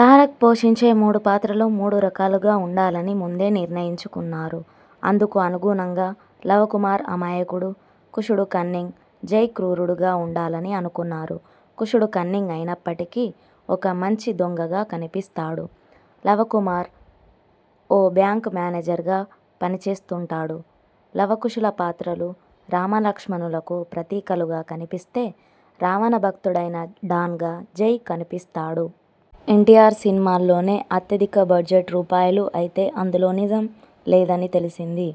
తారక్ పోషించే మూడు పాత్రలూ మూడు రకాలుగా ఉండాలని ముందే నిర్ణయించుకున్నారు. అందుకు అనుగుణంగా లవకుమార్ అమాయకుడు, కుశుడు కన్నింగ్, జై క్రూరుడుగా ఉండాలని అనుకున్నారు. కుశుడు కన్నింగ్ అయినప్పటికీ ఒక మంచి దొంగగా కనిపిస్తాడు. లవకుమార్ ఓ బ్యాంక్ మేనేజర్గా పని చేస్తుంటాడు. లవకుశుల పాత్రలు రామలక్ష్మణులకు ప్రతీకలుగా కనిపిస్తే, రావణ భక్తుడైన డాన్గా జై కనిపిస్తాడు. ఎన్టీఆర్ సినిమాల్లోనే అత్యధిక బడ్జెట్.. రూ. అయితే అందులో నిజం లేదని తెలిసింది.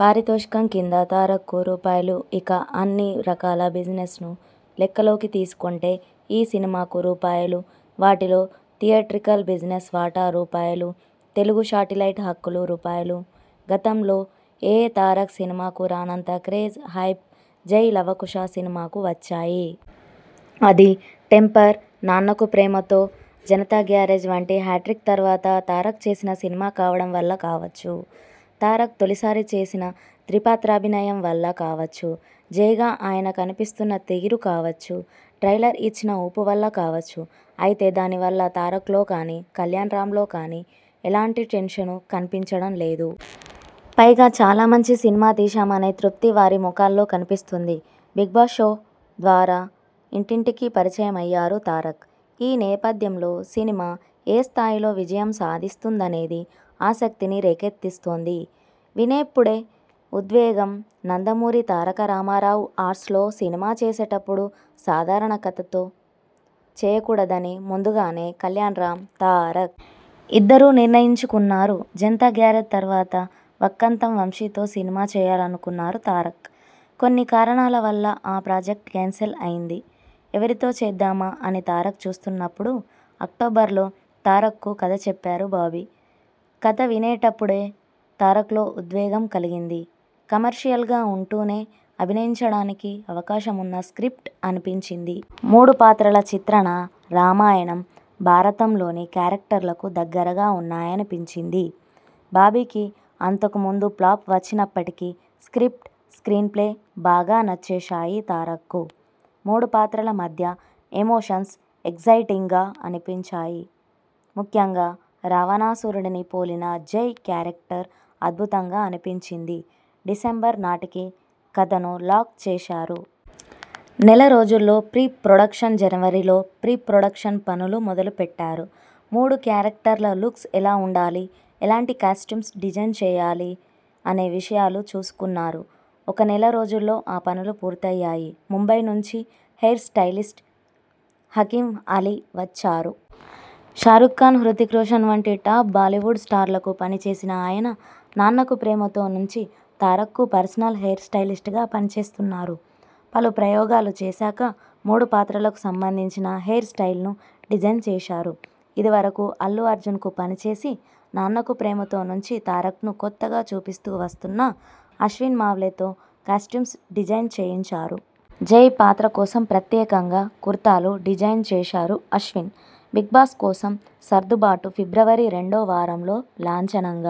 పారితోషికం కింద తారక్కు రూ. ఇక అన్ని రకాల బిజినెస్ను లెక్కలోకి తీసుకొంటే ఈ సినిమాకు రూ. వాటిలో థియేట్రికల్ బిజినెస్ వాటా రూ. తెలుగు శాటిలైట్ హక్కులు రూ. గతంలో ఏ తారక్ సినిమాకూ రానంత క్రేజ్, హైప్ 'జై లవ కుశ' సినిమాకు వచ్చాయి. అది.. 'టెంపర్', 'నాన్నకు ప్రేమతో', 'జనతా గ్యారేజ్' వంటి హ్యాట్రిక్ తర్వాత తారక్ చేసిన సినిమా కావడం వల్ల కావచ్చు.. తారక్ తొలిసారి చేసిన త్రిపాత్రాభినయం వల్ల కావచ్చు.. 'జై'గా ఆయన కనిపిస్తున్న తీరు కావచ్చు.. ట్రైలర్ ఇచ్చిన ఊపు వల్ల కావచ్చు. అయితే దాని వల్ల తారక్లో కానీ, కల్యాణ్రామ్లో కానీ ఎలాంటి టెన్షనూ కనిపించడం లేదు. పైగా చాలా మంచి సినిమా తీశామనే తృప్తి వారి ముఖాల్లో కనిపిస్తోంది. 'బిగ్బాస్' షో ద్వారా ఇంటింటికీ పరిచయమయ్యారు తారక్. ఈ నేపథ్యంలో సినిమా ఏ స్థాయిలో విజయం సాధిస్తుందనేది ఆసక్తిని రేకెత్తిస్తోంది. వినేప్పుడే ఉద్వేగంనందమూరి తారక రామారావు ఆర్ట్స్లో సినిమా చేసేప్పుడు సాధారణ కథతో చేయకూడదని ముందుగానే కల్యాణ్రామ్, తారక్.. ఇద్దరూ నిర్ణయించుకున్నారు. 'జనతా గ్యారేజ్' తర్వాత వక్కంతం వంశీతో సినిమా చేయాలనుకున్నారు తారక్. కొన్ని కారణాల వల్ల ఆ ప్రాజెక్ట్ కేన్సిల్ అయింది. ఎవరితో చేద్దామా?.. అని తారక్ చూస్తున్నప్పుడు.. అక్టోబర్లో తారక్కు కథ చెప్పారు బాబీ. కథ వినేటప్పుడే తారక్లో ఉద్వేగం కలిగింది. కమర్షియల్గా ఉంటూనే అభినయించడానికి అవకాశమున్న స్ర్కిప్ట్ అనిపించింది. మూడు పాత్రల చిత్రణ రామాయణం, భారతంలోని క్యారెక్టర్లకు దగ్గరగా ఉన్నాయనిపించింది. బాబీకి అంతకు ముందు ఫ్లాప్ వచ్చినప్పటికీ స్ర్కిప్ట్, స్ర్కీన్ప్లే బాగా నచ్చేశాయి తారక్కు. మూడు పాత్రల మధ్య ఎమోషన్స్ ఎగ్జయిటింగ్గా అనిపించాయి. ముఖ్యంగా రావణాసురుడిని పోలిన జై క్యారెక్టర్ అద్భుతంగా అనిపించింది. డిసెంబర్ నాటికి కథను లాక్ చేశారు. నెల రోజుల్లో ప్రీ ప్రొడక్షన్జనవరిలో ప్రీ పొడ్రక్షన్ పనులు మొదలు పెట్టారు. మూడు క్యారెక్టర్ల లుక్స్ ఎలా ఉండాలి, ఎలాంటి కాస్ట్యూమ్స్ డిజైన్ చేయాలి.. అనే విషయాలు చూసుకున్నారు. ఒక నెల రోజుల్లో ఆ పనులు పూర్తయ్యాయి. ముంబై నుంచి హెయిర్ స్టైలిస్ట్ హకీమ్ అలీ వచ్చారు. షారుక్ఖాన్, హృతిక్ రోషన్ వంటి టాప్ బాలీవుడ్ స్టార్లకు పనిచేసిన ఆయన 'నాన్నకు ప్రేమతో' నుంచి తారక్కు పర్సనల్ హెయిర్ స్టైలిస్ట్గా పని చేస్తున్నారు. పలు ప్రయోగాలు చేశాక మూడు పాత్రలకు సంబంధించిన హెయిర్ స్టైల్ను డిజైన్ చేశారు. ఇదివరకు అల్లు అర్జున్కు పని చేసి, 'నాన్నకు ప్రేమతో' నుంచి తారక్ను కొత్తగా చూపిస్తూ వస్తున్న అశ్విన్ మావ్లేతో కాస్ట్యూమ్స్ డిజైన్ చేయించారు. జై పాత్ర కోసం ప్రత్యేకంగా కుర్తాలు డిజైన్ చేశారు అశ్విన్. 'బిగ్బాస్' కోసం సర్దుబాటుఫిబ్రవరి రెండో వారంలో లాంఛనంగా